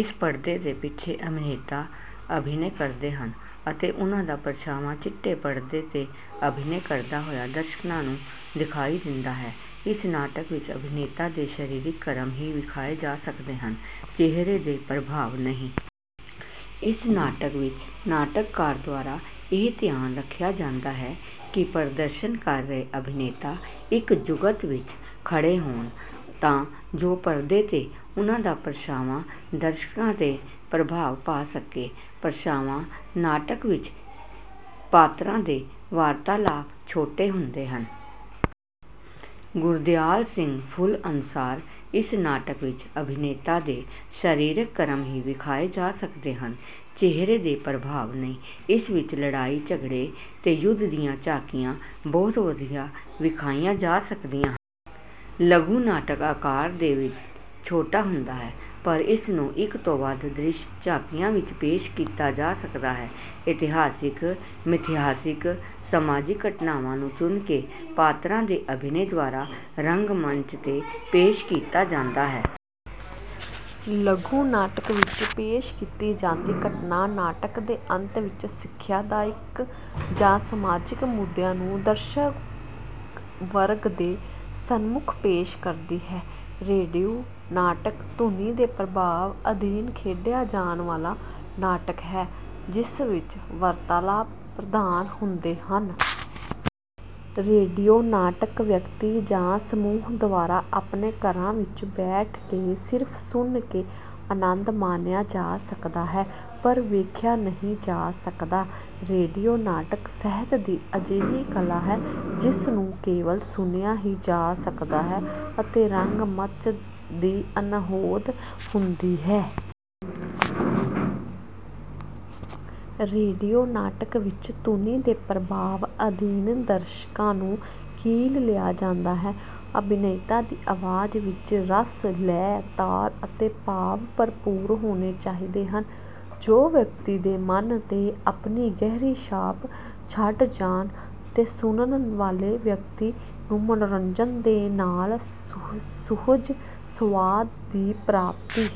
ਇਸ ਪਰਦੇ ਦੇ ਪਿੱਛੇ ਅਭਿਨੇਤਾ ਅਭਿਨੈ ਕਰਦੇ ਹਨ, ਅਤੇ ਉਨ੍ਹਾਂ ਦਾ ਪ੍ਰਛਾਵਾਂ ਚਿੱਟੇ ਪਰਦੇ ਤੇ ਅਭਿਨੈ ਕਰਦਾ ਹੋਇਆ ਦਰਸ਼ਕਾਂ ਨੂੰ ਦਿਖਾਈ ਦਿੰਦਾ ਹੈ। ਇਸ ਨਾਟਕ ਵਿੱਚ ਅਭਿਨੇਤਾ ਦੇ ਸਰੀਰਕ ਕਰਮ ਹੀ ਵਿਖਾਏ ਜਾ ਸਕਦੇ ਹਨ, ਚਿਹਰੇ ਦੇ ਪ੍ਰਭਾਵ ਨਹੀਂ। ਇਸ ਨਾਟਕ ਵਿੱਚ ਨਾਟਕਕਾਰ ਦੁਆਰਾ ਇਹ ਧਿਆਨ ਰੱਖਿਆ ਜਾਂਦਾ ਹੈ, ਕਿ ਪ੍ਰਦਰਸ਼ਨ ਕਰ ਰਹੇ ਅਭਿਨੇਤਾ ਇੱਕ ਜੁਗਤ ਵਿੱਚ ਖੜੇ ਹੋਣ, ਤਾਂ ਜੋ ਪਰਦੇ ਤੇ ਉਨ੍ਹਾਂ ਦਾ ਪ੍ਰਛਾਵਾਂ ਦਰਸ਼ਕਾਂ ਤੇ ਪ੍ਰਭਾਵ ਪਾ ਸਕੇ। ਪ੍ਰਛਾਵਾਂ ਨਾਟਕ ਵਿੱਚ ਪਾਤਰਾਂ ਦੇ ਵਾਰਤਾਲਾਪ ਛੋਟੇ ਹੁੰਦੇ ਹਨ। ਗੁਰਦਿਆਲ ਸਿੰਘ ਫੁੱਲ ਅਨੁਸਾਰ, ਇਸ ਨਾਟਕ ਵਿੱਚ ਅਭਿਨੇਤਾ ਦੇ ਸਰੀਰਕ ਕਰਮ ਹੀ ਵਿਖਾਏ ਜਾ ਸਕਦੇ ਹਨ, ਚਿਹਰੇ ਦੇ ਪ੍ਰਭਾਵ ਨਹੀਂ। ਇਸ ਵਿੱਚ ਲੜਾਈ ਝਗੜੇ ਤੇ ਯੁੱਧ ਦੀਆਂ ਝਾਕੀਆਂ ਬਹੁਤ ਵਧੀਆ ਵਿਖਾਈਆਂ ਜਾ ਸਕਦੀਆਂ ਲਘੂ ਨਾਟਕ ਆਕਾਰ ਦੇ ਵਿੱਚ ਛੋਟਾ ਹੁੰਦਾ ਹੈ, ਪਰ ਇਸ ਨੂੰ ਇੱਕ ਤੋਂ ਵੱਧ ਦ੍ਰਿਸ਼ ਝਾਕੀਆਂ ਵਿੱਚ ਪੇਸ਼ ਕੀਤਾ ਜਾ ਸਕਦਾ ਹੈ। ਇਤਿਹਾਸਿਕ, ਮਿਥਿਹਾਸਿਕ, ਸਮਾਜਿਕ ਘਟਨਾਵਾਂ ਨੂੰ ਚੁਣ ਕੇ ਪਾਤਰਾਂ ਦੇ ਅਭਿਨੈ ਦੁਆਰਾ ਰੰਗਮੰਚ ਤੇ ਪੇਸ਼ ਕੀਤਾ ਜਾਂਦਾ ਹੈ। ਲਘੂ ਨਾਟਕ ਵਿੱਚ ਪੇਸ਼ ਕੀਤੀ ਜਾਂਦੀ ਘਟਨਾ ਨਾਟਕ ਦੇ ਅੰਤ ਵਿੱਚ ਸਿਖਿਆਦਾਇਕ ਜਾਂ ਸਮਾਜਿਕ ਮੁੱਦਿਆਂ ਨੂੰ ਦਰਸ਼ਕ ਵਰਗ ਦੇ ਸਨਮੁੱਖ ਪੇਸ਼ ਕਰਦੀ ਹੈ। ਰੇਡੀਓ ਨਾਟਕ ਧੁਨੀ ਦੇ ਪ੍ਰਭਾਵ ਅਧੀਨ ਖੇਡਿਆ ਜਾਣ ਵਾਲਾ ਨਾਟਕ ਹੈ, ਜਿਸ ਵਿੱਚ ਵਾਰਤਾਲਾਪ ਪ੍ਰਧਾਨ ਹੁੰਦੇ ਹਨ। ਰੇਡੀਓ ਨਾਟਕ ਵਿਅਕਤੀ ਜਾਂ ਸਮੂਹ ਦੁਆਰਾ ਆਪਣੇ ਘਰਾਂ ਵਿੱਚ ਬੈਠ ਕੇ ਸਿਰਫ ਸੁਣ ਕੇ ਅਨੰਦ ਮਾਣਿਆ ਜਾ ਸਕਦਾ ਹੈ, ਪਰ ਵੇਖਿਆ ਨਹੀਂ ਜਾ ਸਕਦਾ। ਰੇਡੀਓ ਨਾਟਕ ਸਾਹਿਤ ਦੀ ਅਜਿਹੀ ਕਲਾ ਹੈ, ਜਿਸ ਨੂੰ ਕੇਵਲ ਸੁਣਿਆ ਹੀ ਜਾ ਸਕਦਾ ਹੈ, ਅਤੇ ਰੰਗਮੰਚ ਦੀ ਅਣਹੋਂਦ ਹੁੰਦੀ ਹੈ। ਰੇਡੀਓ ਨਾਟਕ ਵਿੱਚ ਧੁਨੀ ਦੇ ਪ੍ਰਭਾਵ ਅਧੀਨ ਦਰਸ਼ਕਾਂ ਨੂੰ ਕੀਲ ਲਿਆ ਜਾਂਦਾ ਹੈ। ਅਭਿਨੇਤਾ ਦੀ ਆਵਾਜ਼ ਵਿੱਚ ਰਸ, ਲੈਅ, ਤਾਲ ਅਤੇ ਭਾਵ ਭਰਪੂਰ ਹੋਣੇ ਚਾਹੀਦੇ ਹਨ, ਜੋ ਵਿਅਕਤੀ ਦੇ ਮਨ ਤੇ ਆਪਣੀ ਗਹਿਰੀ ਛਾਪ ਛੱਡ ਜਾਣ, ਤੇ ਸੁਣਨ ਵਾਲੇ ਵਿਅਕਤੀ ਨੂੰ ਮਨੋਰੰਜਨ ਦੇ ਨਾਲ ਸੁਹਜ ਸੁਆਦ ਦੀ ਪ੍ਰਾਪਤੀ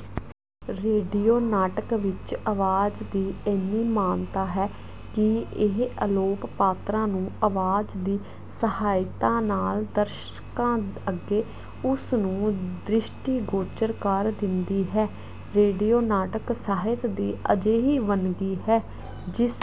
ਰੇਡੀਓ ਨਾਟਕ ਵਿੱਚ ਆਵਾਜ਼ ਦੀ ਇੰਨੀ ਮਹਾਨਤਾ ਹੈ, ਕਿ ਇਹ ਅਲੋਪ ਪਾਤਰਾਂ ਨੂੰ ਆਵਾਜ਼ ਦੀ ਸਹਾਇਤਾ ਨਾਲ ਦਰਸ਼ਕਾਂ ਅੱਗੇ ਉਸ ਨੂੰ ਦ੍ਰਿਸ਼ਟੀਗੋਚਰ ਕਰ ਦਿੰਦੀ ਹੈ। ਰੇਡੀਓ ਨਾਟਕ ਸਾਹਿਤ ਦੀ ਅਜਿਹੀ ਵੰਨਗੀ ਹੈ, ਜਿਸ